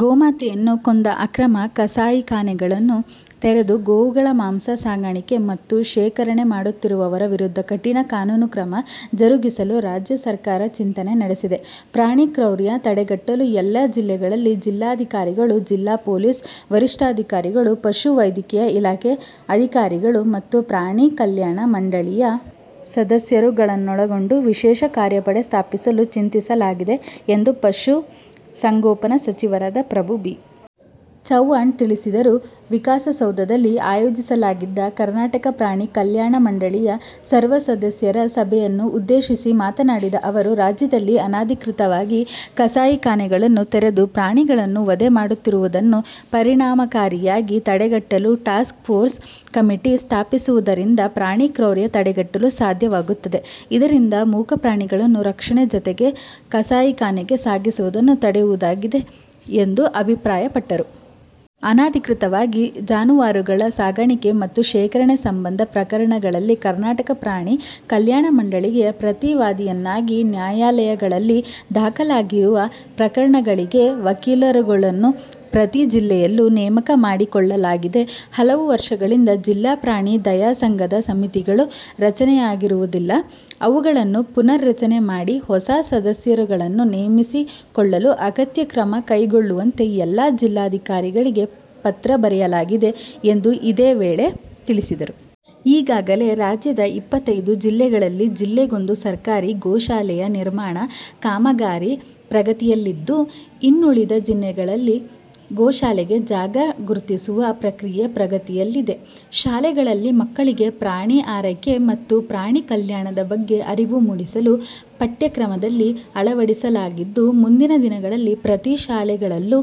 ಗೋಮಾತೆಯನ್ನು ಕೊಂದು ಅಕ್ರಮ ಕಸಾಯಿಖಾನೆಗಳನ್ನು ತೆರೆದು ಗೋವುಗಳ ಮಾಂಸ ಸಾಗಾಣಿಕೆ ಮತ್ತು ಶೇಖರಣೆ ಮಾಡುತ್ತಿರುವವರ ವಿರುದ್ಧ ಕಠಿಣ ಕಾನೂನು ಕ್ರಮ ಜರುಗಿಸಲು ರಾಜ್ಯ ಸರ್ಕಾರ ಚಿಂತನೆ ನಡೆಸಿದೆ. ಪ್ರಾಣಿ ಕ್ರೌರ್ಯ ತಡೆಗಟ್ಟಲು ಎಲ್ಲಾ ಜಿಲ್ಲೆಗಳಲ್ಲಿ ಜಿಲ್ಲಾಧಿಕಾರಿಗಳು, ಜಿಲ್ಲಾ ಪೊಲೀಸ್ ವರಿಷ್ಠಾಧಿಕಾರಿಗಳು, ಪಶು ವೈದ್ಯಕೀಯ ಇಲಾಖೆ ಅಧಿಕಾರಿಗಳು ಮತ್ತು ಪ್ರಾಣಿ ಕಲ್ಯಾಣ ಮಂಡಳಿಯ ಸದಸ್ಯರುಗಳನ್ನೊಳಗೊಂಡ ವಿಶೇಷ ಕಾರ್ಯಪಡೆ ಸ್ಥಾಪಿಸಲು ಚಿಂತಿಸಲಾಗಿದೆ ಎಂದು ಪಶು ಸಂಗೋಪನಾ ಸಚಿವರಾದ ಪ್ರಭು ಬಿ. ಚವ್ಹಾಣ್ ತಿಳಿಸಿದರು. ವಿಕಾಸಸೌಧದಲ್ಲಿ ಆಯೋಜಿಸಲಾಗಿದ್ದ ಕರ್ನಾಟಕ ಪ್ರಾಣಿ ಕಲ್ಯಾಣ ಮಂಡಳಿಯ ಸರ್ವ ಸದಸ್ಯರ ಸಭೆಯನ್ನು ಉದ್ದೇಶಿಸಿ ಮಾತನಾಡಿದ ಅವರು, ರಾಜ್ಯದಲ್ಲಿ ಅನಧಿಕೃತವಾಗಿ ಕಸಾಯಿ ಖಾನೆಗಳನ್ನು ತೆರೆದು ಪ್ರಾಣಿಗಳನ್ನು ವಧೆ ಮಾಡುತ್ತಿರುವುದನ್ನು ಪರಿಣಾಮಕಾರಿಯಾಗಿ ತಡೆಗಟ್ಟಲು ಟಾಸ್ಕ್ ಪೋರ್ಸ್ ಕಮಿಟಿ ಸ್ಥಾಪಿಸುವುದರಿಂದ ಪ್ರಾಣಿ ಕ್ರೌರ್ಯ ತಡೆಗಟ್ಟಲು ಸಾಧ್ಯವಾಗುತ್ತದೆ. ಇದರಿಂದ ಮೂಕ ಪ್ರಾಣಿಗಳನ್ನು ರಕ್ಷಣೆ ಜತೆಗೆ ಕಸಾಯಿಖಾನೆಗೆ ಸಾಗಿಸುವುದನ್ನು ತಡೆಯುವುದಾಗಿದೆ ಎಂದು ಅಭಿಪ್ರಾಯಪಟ್ಟರು. ಅನಧಿಕೃತವಾಗಿ ಜಾನುವಾರುಗಳ ಸಾಗಾಣಿಕೆ ಮತ್ತು ಶೇಖರಣೆ ಸಂಬಂಧ ಪ್ರಕರಣಗಳಲ್ಲಿ ಕರ್ನಾಟಕ ಪ್ರಾಣಿ ಕಲ್ಯಾಣ ಮಂಡಳಿಗೆ ಪ್ರತಿ ವಾದಿಯನ್ನಾಗಿ ನ್ಯಾಯಲಯಗಳಲ್ಲಿ ದಾಖಲಾಗಿರುವ ಪ್ರಕರಣಗಳಿಗೆ ವಕೀಲರುಗಳನ್ನು ಪ್ರತಿ ಜಿಲ್ಲೆಯಲ್ಲೂ ನೇಮಕ ಮಾಡಿಕೊಳ್ಳಲಾಗಿದೆ. ಹಲವು ವರ್ಷಗಳಿಂದ ಜಿಲ್ಲಾ ಪ್ರಾಣಿ ದಯಾ ಸಂಘದ ಸಮಿತಿಗಳು ರಚನೆಯಾಗಿರುವುದಿಲ್ಲ. ಅವುಗಳನ್ನು ಪುನರ್ ರಚನೆ ಮಾಡಿ ಹೊಸ ಸದಸ್ಯರುಗಳನ್ನು ನೇಮಿಸಿಕೊಳ್ಳಲು ಅಗತ್ಯ ಕ್ರಮ ಕೈಗೊಳ್ಳುವಂತೆ ಎಲ್ಲಾ ಜಿಲ್ಲಾಧಿಕಾರಿಗಳಿಗೆ ಪತ್ರ ಬರೆಯಲಾಗಿದೆ ಎಂದು ಇದೇ ವೇಳೆ ತಿಳಿಸಿದರು. ಈಗಾಗಲೇ ರಾಜ್ಯದ ಇಪ್ಪತೈದು ಜಿಲ್ಲೆಗಳಲ್ಲಿ ಜಿಲ್ಲೆಗೊಂದು ಸರ್ಕಾರಿ ಗೋಶಾಲೆಯ ನಿರ್ಮಾಣ ಕಾಮಗಾರಿ ಪ್ರಗತಿಯಲ್ಲಿದ್ದು, ಇನ್ನೂಳಿದ ಜಿಲ್ಲೆಗಳಲ್ಲಿ ಗೋಶಾಲೆಗೆ ಜಾಗ ಗುರ್ತಿಸುವ ಪ್ರಕ್ರಿಯೆ ಪ್ರಗತಿಯಲ್ಲಿದೆ. ಶಾಲೆಗಳಲ್ಲಿ ಮಕ್ಕಳಿಗೆ ಪ್ರಾಣಿ ಆರೈಕೆ ಮತ್ತು ಪ್ರಾಣಿ ಕಲ್ಯಾಣದ ಬಗ್ಗೆ ಅರಿವು ಮೂಡಿಸಲು ಪಠ್ಯಕ್ರಮದಲ್ಲಿ ಅಳವಡಿಸಲಾಗಿದ್ದು, ಮುಂದಿನ ದಿನಗಳಲ್ಲಿ ಪ್ರತಿ ಶಾಲೆಗಳಲ್ಲೂ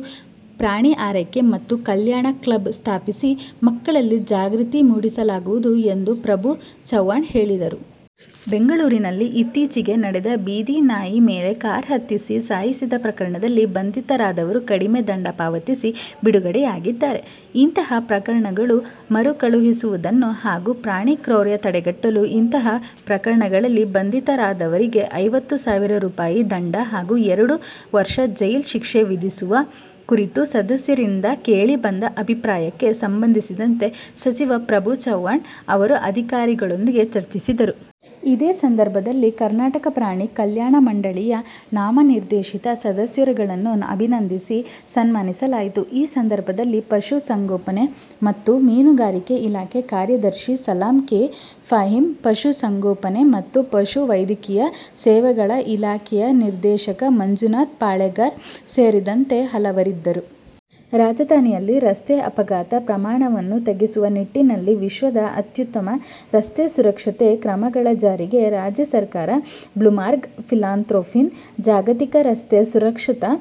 ಪ್ರಾಣಿ ಆರೈಕೆ ಮತ್ತು ಕಲ್ಯಾಣ ಕ್ಲಬ್ ಸ್ಥಾಪಿಸಿ, ಮಕ್ಕಳಲ್ಲಿ ಜಾಗೃತಿ ಮೂಡಿಸಲಾಗುವುದು ಎಂದು ಪ್ರಭು ಚವ್ಹಾಣ್ ಹೇಳಿದರು. ಬೆಂಗಳೂರಿನಲ್ಲಿ ಇತ್ತಿಚೆಗೆ ನಡೆದ ಬೀದಿ ನಾಯಿ ಮೇಲೆ ಕಾರ್ ಹತ್ತಿಸಿ ಸಾಯಿಸಿದ ಪ್ರಕರಣದಲ್ಲಿ ಬಂಧಿತರಾದವರು ಕಡಿಮೆ ದಂಡ ಪಾವತಿಸಿ, ಬಿಡುಗಡೆಯಾಗಿದ್ದಾರೆ. ಇಂತಹ ಪ್ರಕರಣಗಳು ಮರುಕಳುಹಿಸುವುದನ್ನು ಹಾಗೂ ಪ್ರಾಣಿ ಕ್ರೌರ್ಯ ತಡೆಗಟ್ಟಲು ಇಂತಹ ಪ್ರಕರಣಗಳಲ್ಲಿ ಬಂಧಿತರಾದವರಿಗೆ ಐವತ್ತು ಸಾವಿರ ರುಪಾಯಿ ದಂಡ ಹಾಗೂ ಎರಡು ವರ್ಷ ಜೈಲು ಶಿಕ್ಷೆ ವಿಧಿಸುವ ಕುರಿತು ಸದಸ್ಯರಿಂದ ಕೇಳಿ ಬಂದ ಅಭಿಪ್ರಾಯಕ್ಕೆ ಸಂಬಂಧಿಸಿದಂತೆ ಸಚಿವ ಪ್ರಭು ಚವ್ಹಾಣ್ ಅವರು ಅಧಿಕಾರಿಗಳೊಂದಿಗೆ ಚರ್ಚಿಸಿದರು. ಇದೇ ಸಂದರ್ಭದಲ್ಲಿ ಕರ್ನಾಟಕ ಪ್ರಾಣಿ ಕಲ್ಯಾಣ ಮಂಡಳಿಯ ನಾಮನಿರ್ದೇಶಿತ ಸದಸ್ಯರುಗಳನ್ನು ಅಭಿನಂದಿಸಿ, ಸನ್ಮಾನಿಸಲಾಯಿತು. ಈ ಸಂದರ್ಭದಲ್ಲಿ ಪಶು ಸಂಗೋಪನೆ ಮತ್ತು ಮೀನುಗಾರಿಕೆ ಇಲಾಖೆ ಕಾರ್ಯದರ್ಶಿ ಸಲ್ಮಾ ಕೆ. ಫಾಹೀಮ್, ಪಶು ಸಂಗೋಪನೆ ಮತ್ತು ಪಶು ವೈದ್ಯಕೀಯ ಸೇವೆಗಳ ಇಲಾಖೆಯ ನಿರ್ದೇಶಕ ಮಂಜುನಾಥ್ ಪಾಳೆಗಾರ್ ಸೇರಿದಂತೆ ಹಲವರಿದ್ದರು. ರಾಜಧಾನಿಯಲ್ಲಿ ರಸ್ತೆ ಅಪಘಾತ ಪ್ರಮಾಣವನ್ನು ತಗ್ಗಿಸುವ ನಿಟ್ಟಿನಲ್ಲಿ ವಿಶ್ವದ ಅತ್ಯುತ್ತಮ ರಸ್ತೆ ಸುರಕ್ಷತೆ ಕ್ರಮಗಳ ಜಾರಿಗೆ ರಾಜ್ಯ ಸರ್ಕಾರ 'ಬ್ಲೂಮ್ಬರ್ಗ್ ಫಿಲಾಂತ್ರೊಫಿನ್ ಜಾಗತಿಕ ರಸ್ತೆ ಸುರಕ್ಷತಾ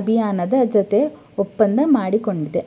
ಅಭಿಯಾನದ ಜತೆ ಒಪ್ಪಂದ ಮಾಡಿಕೊಂಡಿದೆ.